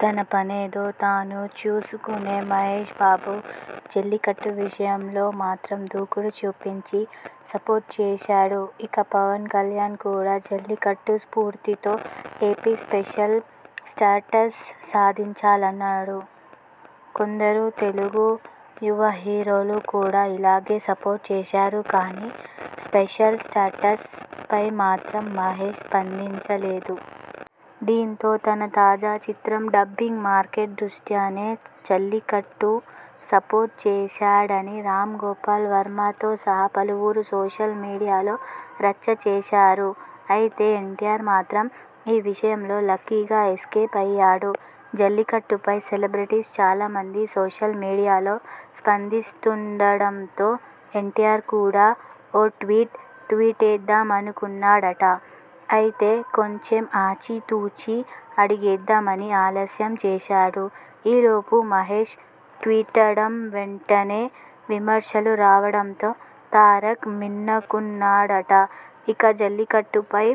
తన పనేదో తాను చూసుకునే మహేశ్ బాబు.. 'జల్లికట్టు' విషయంలో మాత్రం దూకుడు చూపించి సపోర్ట్ చేశాడుఇక పవన్ కళ్యాణ్ కూడా జల్లికట్టు స్పూర్తితో ఏపీ స్పెషల్ స్టాటస్ సాధించాలన్నాడుకొందరు తెలుగు యువహీరోలు కూడా ఇలాగే సపోర్ట్ చేశారుకానీ.. స్పెషల్ స్టాటస్ పై మాత్రం మహేశ్ స్పందించలేదు. దీంతో తన తాజా చిత్రం డబ్బింగ్ మార్కెట్ దృష్ట్యానే జల్లికట్టును సపోర్ట్ చేశాడని రామ్ గోపాల్ వర్మతో సహా పలువురు సోషల్ మీడియాలో రచ్చచేశారుఅయితే ఎన్టీఆర్ మాత్రం ఈ విషయంలో లక్కీగా ఎస్కేప్ అయ్యాడుజల్లికట్టుపై సెలబ్రిటీస్ చాలామంది సోషల్ మీడియాలో స్పందిస్తుండడంతో.. ఎన్టీఆర్ కూడా ఓ ట్వీట్ ట్వేటేద్దామనుకున్నాడటఅయితే కొంచెం ఆచితూచి అడుగేద్దామని ఆలస్యం చేశాడుఈలోపు మహేశ్ ట్వీటడంవెంటనే విమర్శలు రావడంతో తారక్ మిన్నకున్నాడటఇక జల్లికట్టుపై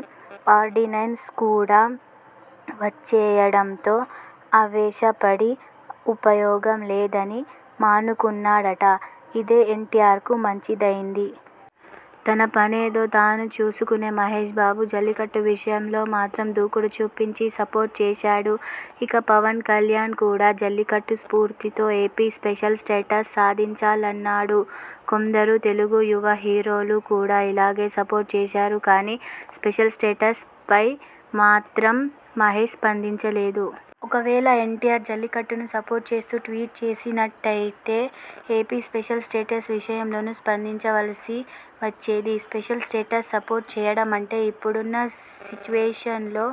ఆర్డినెన్స్ కూడా వచ్చేయడంతో ఆవేశపడి ఉపయోగం లేదని మానుకున్నాడటఇదే ఎన్టీఆర్కు మంచిదయింది. తన పనేదో తాను చూసుకునే మహేశ్ బాబు.. 'జల్లికట్టు' విషయంలో మాత్రం దూకుడు చూపించి సపోర్ట్ చేశాడుఇక పవన్ కళ్యాణ్ కూడా జల్లికట్టు స్పూర్తితో ఏపీ స్పెషల్ స్టాటస్ సాధించాలన్నాడుకొందరు తెలుగు యువహీరోలు కూడా ఇలాగే సపోర్ట్ చేశారుకానీ.. స్పెషల్ స్టాటస్ పై మాత్రం మహేశ్ స్పందించలేదు. ఒకవేళ ఎన్టీఆర్ జల్లికట్టును సపోర్ట్ చేస్తూ ట్వీట్ చేసినట్టయితేఏపీ స్పెషల్ స్టేటస్ విషయంలోనూ స్పందించవలసి వచ్చేదిస్పెషల్ స్టేటస్ సపోర్ట్ చేయడమంటే.. ఇప్పుడున్న సిట్యువేషన్లో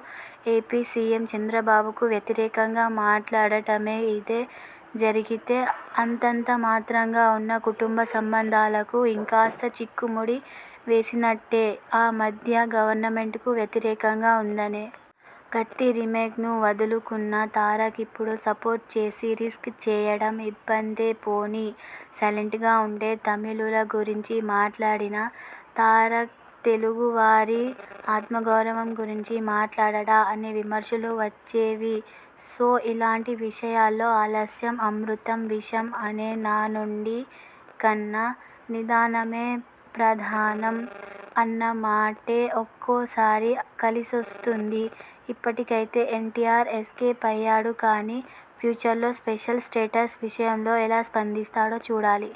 ఏపీ సీఎం చంద్రబాబుకు వ్యతిరేకంగా మాట్లాడటమేఇదే జరిగితే.. అంతంతమాత్రంగా ఉన్న కుటుంబ సంబంధాలకు.. ఇంకాస్త చిక్కుముడి వేసినట్టేఆమధ్య గవర్నమెంట్కు వ్యతిరేకంగా ఉందనే.. 'కత్తి' రీమేక్ను వదులుకున్న తారక్ఇప్పుడు సపోర్ట్ చేసి రిస్క్ చేయడం ఇబ్బందేపోనీ.. సైలెంట్గా ఉంటే తమిళుల గురించి మాట్లాడిన తారక్తెలుగువారి ఆత్మగౌరవం గురించి మాట్లాడడా అని విమర్శలు వచ్చేవిసో ఇలాంటి విషయాల్లో ఆలస్యం అమృతం విషం అనే నానుడి కన్నా.. నిదానమే ప్రధానం అన్న మాటే ఒక్కోసారి కలిసొస్తుందిఇప్పటికైతే ఎన్టీఆర్ ఎస్కేప్ అయ్యాడు కానీ ఫ్యూచర్లో స్పెషల్ స్టేటస్ విషయంలో ఎలా స్పందిస్తాడో చూడాలి..!